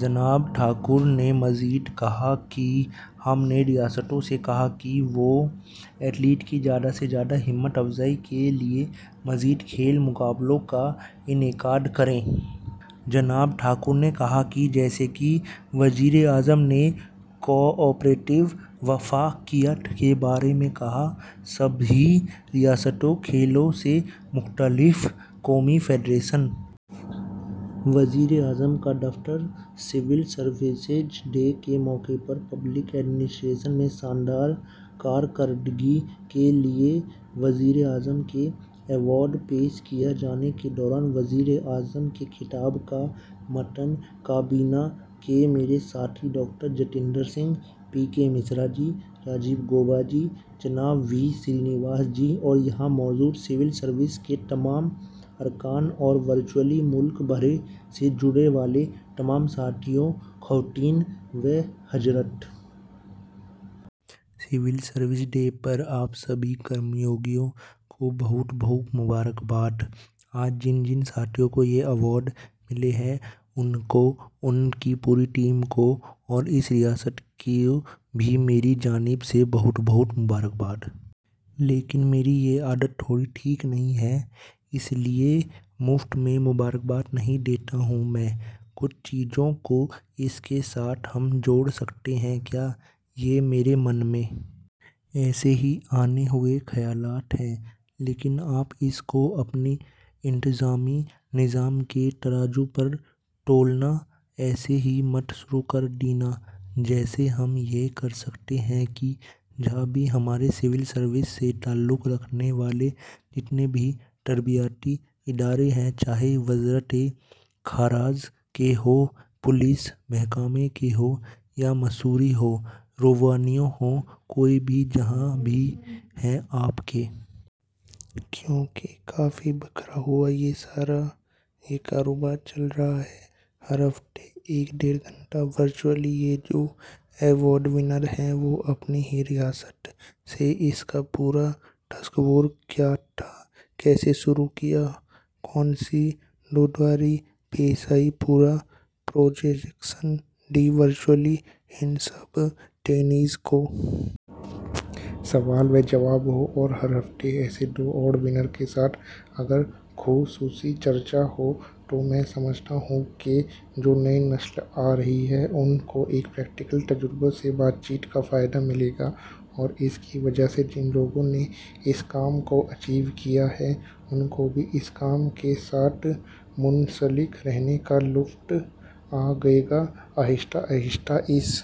جناب ٹھاکر نے مزید کہا کہ ہم نے ریاستو سے کہا ہے کہ وہ ایتھلیٹ کی زیادہ سے زیادہ ہمت افزائی کے لیے مزید کھیل مقابلوں کا انعقد کریں۔ جناب ٹھاکر نے کہا کہ جیساکہ وزیراعظم نے کوآپریٹیو وفاقیت کے بارے میں کہا ہے سبھی ریاستیں کھیلوں سے متعلق قومی فیڈریشن ،. وزیراعظم کا دفتر سول سروسز ڈے کے موقع پر پبلک ایڈمنسٹریشن میں شاندار کارکردگی کے لئے وزیراعظم کے ایوارڈ پیش کئے جانے کے دوران وزیراعظم کے خطاب کا متن کابینہ کے میرے ساتھی ڈاکٹر جتیندر سنگھ، پی کے مشرا جی، راجیو گوبا جی، جناب وی سرینواسن جی اور یہاں موجود سول سروس کے تمام ارکان اور ورچوئلی ملک بھر سے جڑنے والے تمام ساتھیوں، خواتین و حضرات! سول سروسز ڈے پر آپ سبھی کرمیوگیوں کو بہت بہت مبارک باد۔ آج جن ساتھیوں کو یہ ایوارڈ ملے ہیں، ان کو ، ان کی پوری ٹیم کو اور اس ریاست کو بھی میری جانب سے بہت بہت مبارک باد۔ لیکن میری یہ عادت تھوڑی ٹھیک نہیں ہے اس لئے مفت میں مبارک باد نہیں دیتا ہوں میں۔ کچھ چیزوں کو اس کے ساتھ ہم جوڑ سکتے ہیں کیا؟ یہ میرے من میں ایسے ہی آئے ہوئے خیالات ہیں لیکن آپ اس کو اپنے انتظامی نظام کے ترازو پر تولنا ایسا ہی مت شروع کردینا، جیسے ہم یہ کرسکتے ہیں کہ جہاں بھی ہمارے سول سروسز سے تعلق رکھنے والے جتنے بھی تربیتی ادارے ہیں، چاہئے وزارت خارجہ کے ہوں، پولیس محکمے کے ہوں، یا مسوری ہو ، روینیو ہو ، کوئی بھی جہاں بھی ہے، آپ کے۔ کیونکہ کافی بکھرا ہوا یہ سارا یہ کاروبار چل رہا ہے، ہر ہفتے ایک ڈیڑھ گھنٹہ ورچوئلی یہ جو ایوارڈ ونر ہیں، وہ اپنی ہی ریاست سے اس کا پورا تصور کیا تھا، کیسے شروع کیا، کون سی دشواری پیش آئی، پورا پرزنٹیشن دیں ورچوئلی ان سب ٹرینیز کو۔ سوال وجواب ہوں اور ہر ہفتے ایسے دو ایوارڈ ونر کے ساتھ اگر خصوصی چرچا ہو، تو میں سمجھتا ہوں کہ جو نئی نسل آرہی ہے ، ان کو ایک پریکٹیکل تجربہ سے بات چیت کا فائدہ ملے گا اور اس کی وجہ سے جن لوگوں نے اس کام کو اچیو کیا ہے، ان کو بھی اس کام کے ساتھ منسلک رہنے کا لطف آئے گا۔ آہستہ آہستہ اس